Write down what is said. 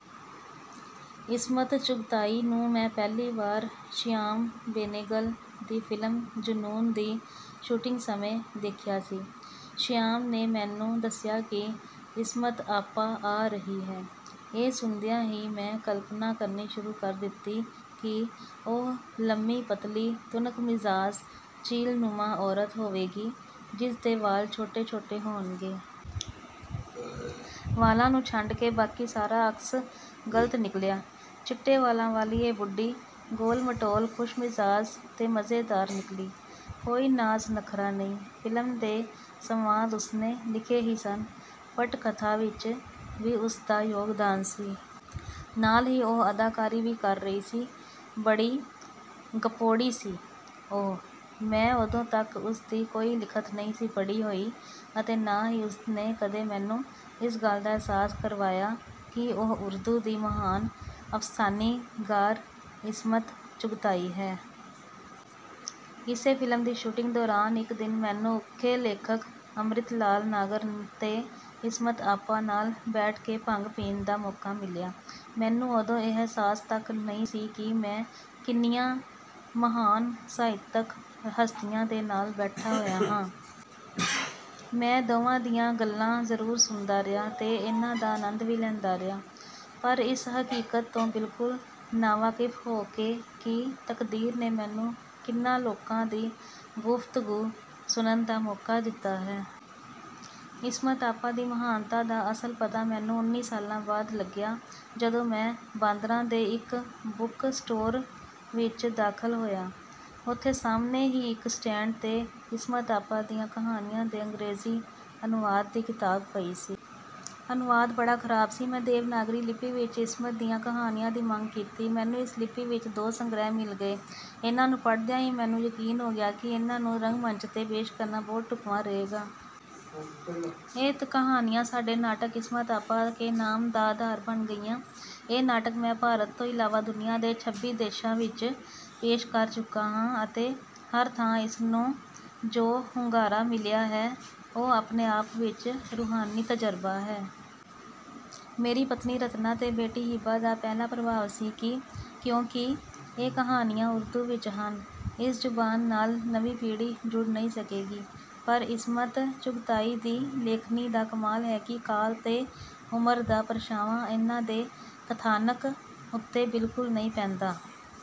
ਇਸਮਤ ਚੁਗਤਾਈ ਨੂੰ ਮੈਂ ਪਹਿਲੀ ਵਾਰ ਸ਼ਿਆਮ ਬੇਨੇਗਲ ਦੀ ਫ਼ਿਲਮ 'ਜੁਨੂਨ' ਦੀ ਸ਼ੂਟਿੰਗ ਸਮੇਂ ਦੇਖਿਆ ਸੀ। ਸ਼ਿਆਮ ਨੇ ਮੈਨੂੰ ਦੱਸਿਆ ਕਿ 'ਇਸਮਤ ਆਪਾ' ਆ ਰਹੀ ਹੈ। ਇਹ ਸੁਣਦਿਆਂ ਹੀ ਮੈਂ ਕਲਪਨਾ ਕਰਨੀ ਸ਼ੁਰੂ ਕਰ ਦਿੱਤੀ ਕਿ ਉਹ ਲੰਮੀ, ਪਤਲੀ, ਤੁਨਕ-ਮਿਜ਼ਾਜ, ਚੀਲਨੁਮਾ ਔਰਤ ਹੋਵੇਗੀ ਜਿਸ ਦੇ ਵਾਲ ਛੋਟੇ-ਛੋਟੇ ਹੋਣਗੇ। ਵਾਲਾਂ ਨੂੰ ਛੱਡ ਕੇ ਬਾਕੀ ਸਾਰਾ ਅਕਸ ਗ਼ਲਤ ਨਿਕਲਿਆ। ਚਿੱਟੇ ਵਾਲਾਂ ਵਾਲੀ ਇਹ 'ਬੁੱਢੀ' ਗੋਲ-ਮਟੋਲ, ਖੁਸ਼ਮਿਜ਼ਾਜ ਤੇ ਮਜ਼ੇਦਾਰ ਨਿਕਲੀ। ਕੋਈ ਨਾਜ਼-ਨਖ਼ਰਾ ਨਹੀਂ। ਫ਼ਿਲਮ ਦੇ ਸੰਵਾਦ ਉਸ ਨੇ ਲਿਖੇ ਹੀ ਸਨ, ਪਟਕਥਾ ਵਿੱਚ ਵੀ ਉਸਦਾ ਯੋਗਦਾਨ ਸੀ। ਨਾਲ ਹੀ ਉਹ ਅਦਾਕਾਰੀ ਵੀ ਕਰ ਰਹੀ ਸੀ। ਬੜੀ ਗੱਪੋੜੀ ਸੀ ਉਹ। ਮੈਂ ਉਦੋਂ ਤੱਕ ਉਸਦੀ ਕੋਈ ਲਿਖਤ ਨਹੀਂ ਸੀ ਪੜ੍ਹੀ ਹੋਈ ਅਤੇ ਨਾ ਹੀ ਉਸ ਨੇ ਕਦੇ ਮੈਨੂੰ ਇਸ ਗੱਲ ਦਾ ਅਹਿਸਾਸ ਕਰਵਾਇਆ ਕਿ ਉਹ ਉਰਦੂ ਦੀ ਮਹਾਨ ਅਫ਼ਸਾਨਿਗਾਰ ਇਸਮਤ ਚੁਗਤਾਈ ਹੈ। ਇਸੇ ਫ਼ਿਲਮ ਦੀ ਸ਼ੂਟਿੰਗ ਦੌਰਾਨ ਇੱਕ ਦਿਨ ਮੈਨੂੰ ਉੱਘੇ ਲੇਖਕ ਅੰਮ੍ਰਿਤਲਾਲ ਨਾਗਰ ਤੇ ਇਸਮਤ ਆਪਾ ਨਾਲ ਬੈਠ ਕੇ ਭੰਗ ਪੀਣ ਦਾ ਮੌਕਾ ਮਿਲਿਆ। ਮੈਨੂੰ ਉਦੋਂ ਇਹ ਅਹਿਸਾਸ ਤੱਕ ਨਹੀਂ ਸੀ ਕਿ ਮੈਂ ਕਿੰਨੀਆਂ ਮਹਾਨ ਸਾਹਿਤਕ ਹਸਤੀਆਂ ਦੇ ਨਾਲ ਬੈਠਾ ਹੋਇਆ ਹਾਂ। ਮੈਂ ਦੋਵਾਂ ਦੀਆਂ ਗੱਲਾਂ ਜ਼ਰੂਰ ਸੁਣਦਾ ਰਿਹਾ ਤੇ ਇਹਨਾਂ ਦਾ ਆਨੰਦ ਵੀ ਲੈਂਦਾ ਰਿਹਾ, ਪਰ ਇਸ ਹਕੀਕਤ ਤੋਂ ਬਿਲਕੁਲ ਨਾਵਾਕਿਫ਼ ਹੋ ਕੇ ਕਿ ਤਕਦੀਰ ਨੇ ਮੈਨੂੰ ਕਿਹਨਾਂ ਲੋਕਾਂ ਦੀ ਗੁਫ਼ਤਗੂ ਸੁਣਨ ਦਾ ਮੌਕਾ ਦਿੱਤਾ ਹੈ। ਇਸਮਤ ਆਪਾ ਦੀ ਮਹਾਨਤਾ ਦਾ ਅਸਲ ਪਤਾ ਮੈਨੂੰ ਉੱਨੀ ਸਾਲਾਂ ਬਾਅਦ ਲੱਗਿਆ ਜਦੋਂ ਮੈਂ ਬਾਂਦਰਾ ਦੇ ਇੱਕ ਬੁੱਕ ਸਟੋਰ ਵਿੱਚ ਦਾਖ਼ਲ ਹੋਇਆ। ਉੱਥੇ ਸਾਹਮਣੇ ਹੀ ਇੱਕ ਸਟੈਂਡ 'ਤੇ ਇਸਮਤ ਆਪਾ ਦੀਆਂ ਕਹਾਣੀਆਂ ਦੇ ਅੰਗਰੇਜ਼ੀ ਅਨੁਵਾਦ ਦੀ ਕਿਤਾਬ ਪਈ ਸੀ। ਅਨੁਵਾਦ ਬੜਾ ਖਰਾਬ ਸੀ। ਮੈਂ ਦੇਵਨਾਗਰੀ ਲਿੱਪੀ ਵਿੱਚ ਇਸਮਤ ਦੀਆਂ ਕਹਾਣੀਆਂ ਦੀ ਮੰਗ ਕੀਤੀ। ਮੈਨੂੰ ਇਸ ਲਿੱਪੀ ਵਿੱਚ ਦੋ ਸੰਗ੍ਰਹਿ ਮਿਲ ਗਏ। ਇਨ੍ਹਾਂ ਨੂੰ ਪੜ੍ਹਦਿਆਂ ਹੀ ਮੈਨੂੰ ਯਕੀਨ ਹੋ ਗਿਆ ਕਿ ਇਨ੍ਹਾਂ ਨੂੰ ਰੰਗਮੰਚ 'ਤੇ ਪੇਸ਼ ਕਰਨਾ ਬਹੁਤ ਢੁੱਕਵਾਂ ਰਹੇਗਾ। ਇਹ ਕਹਾਣੀਆਂ ਸਾਡੇ ਨਾਟਕ 'ਇਸਮਤ ਆਪਾ ਕੇ ਨਾਮ' ਦਾ ਆਧਾਰ ਬਣ ਗਈਆਂ। ਇਹ ਨਾਟਕ, ਮੈਂ ਭਾਰਤ ਤੋਂ ਇਲਾਵਾ ਦੁਨੀਆਂ ਦੇ ਛੱਬੀ ਦੇਸ਼ਾਂ ਵਿੱਚ ਪੇਸ਼ ਕਰ ਚੁੱਕਾ ਹਾਂ ਅਤੇ ਹਰ ਥਾਂ ਇਸਨੂੰ ਜੋ ਹੁੰਗਾਰਾ ਮਿਲਿਆ ਹੈ, ਉਹ ਆਪਣੇ ਆਪ ਵਿੱਚ ਰੂਹਾਨੀ ਤਜਰਬਾ ਹੈ। ਮੇਰੀ ਪਤਨੀ ਰਤਨਾ ਤੇ ਬੇਟੀ ਹੀਬਾ ਦਾ ਪਹਿਲਾ ਪ੍ਰਭਾਵ ਸੀ ਕਿ ਕਿਉਂਕਿ ਇਹ ਕਹਾਣੀਆਂ ਉਰਦੂ ਵਿੱਚ ਹਨ, ਇਸ ਜ਼ੁਬਾਨ ਨਾਲ ਨਵੀਂ ਪੀੜ੍ਹੀ ਜੁੜ ਨਹੀਂ ਸਕੇਗੀ। ਪਰ ਇਸਮਤ ਚੁਗਤਾਈ ਦੀ ਲੇਖਣੀ ਦਾ ਕਮਾਲ ਹੈ ਕਿ ਕਾਲ ਤੇ ਉਮਰ ਦਾ ਪਰਛਾਵਾਂ ਇਹਨਾਂ ਦੇ ਕਥਾਨਕ ਉੱਤੇ ਬਿਲਕੁਲ ਨਹੀਂ ਪੈਂਦਾ।